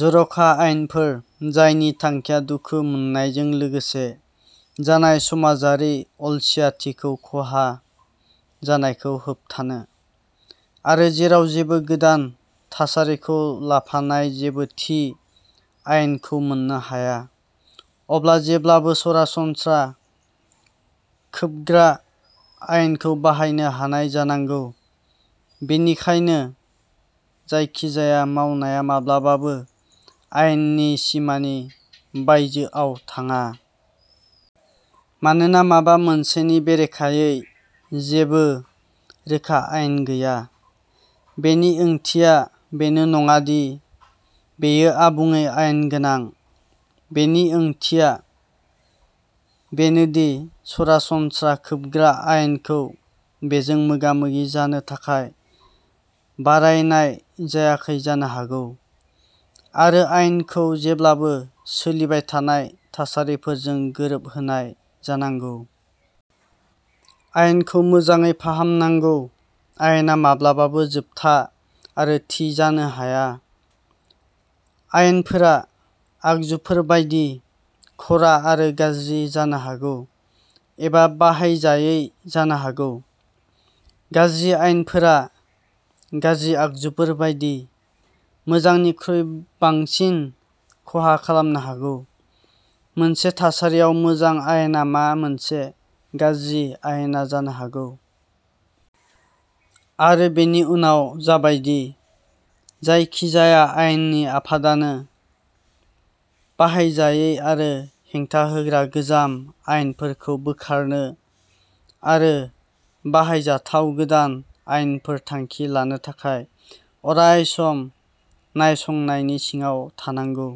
जर'खा आयेनफोर जायनि थांखिया दुखु मोननायजों लोगोसे जानाय समाजारि अलसियाथिखौ खहा जानायखौ होबथानो। आरो जेराव जेबो गोदान थासारिखौ लाफानाय जेबो थि आयेनखौ मोननो हाया, अब्ला जेब्लाबो सरासनस्रा खोबग्रा आयेनखौ बाहायनो हानाय जानांगौ। बेनिखायनो जायखिजाया मावनाया माब्लाबाबो आयेननि सिमानि बायजोआव थाङा। मानोना माबा मोनसेनि बेरेखायै जेबो रोखा आयेन गैया, बेनि ओंथिया बेनो नङा दि बेयो आबुङै आयेन गोनां। बेनि ओंथिया बेनो दि सरासनस्रा खोबग्रा आयेनखौ बेजों मोगा-मोगि जानो थाखाय बारायनाय जायाखै जानो हागौ। आरो आयेनखौ जेब्लाबो सोलिबाय थानाय थासारिफोरजों गोरोबहोनाय जानांगौ। आयेनखौ मोजाङै फाहामनांगौ। आयेना माब्लाबाबो जोबथा आरो थि जानो हाया। आयेनफोरा, आगजुफोर बायदि, ख'रा आरो गाज्रि जानो हागौ, एबा बाहायजायै जानो हागौ। गाज्रि आयेनफोरा, गाज्रि आगजुफोर बायदि, मोजांनिख्रुइ बांसिन खहा खालामनो हागौ। मोनसे थासारियाव मोजां आयेना मा मोनसे गाज्रि आयेना जानो हागौ। आरो बेनि उनाव जाबायदि जायखिजाया आयेननि आफादानो बाहायजायै आरो हेंथा होग्रा गोजाम आयेनफोरखौ बोखारनो आरो बाहायजाथाव गोदान आयेनफोर थांखि लानो थाखाय अराय सम नायसंनायनि सिङाव थानांगौ।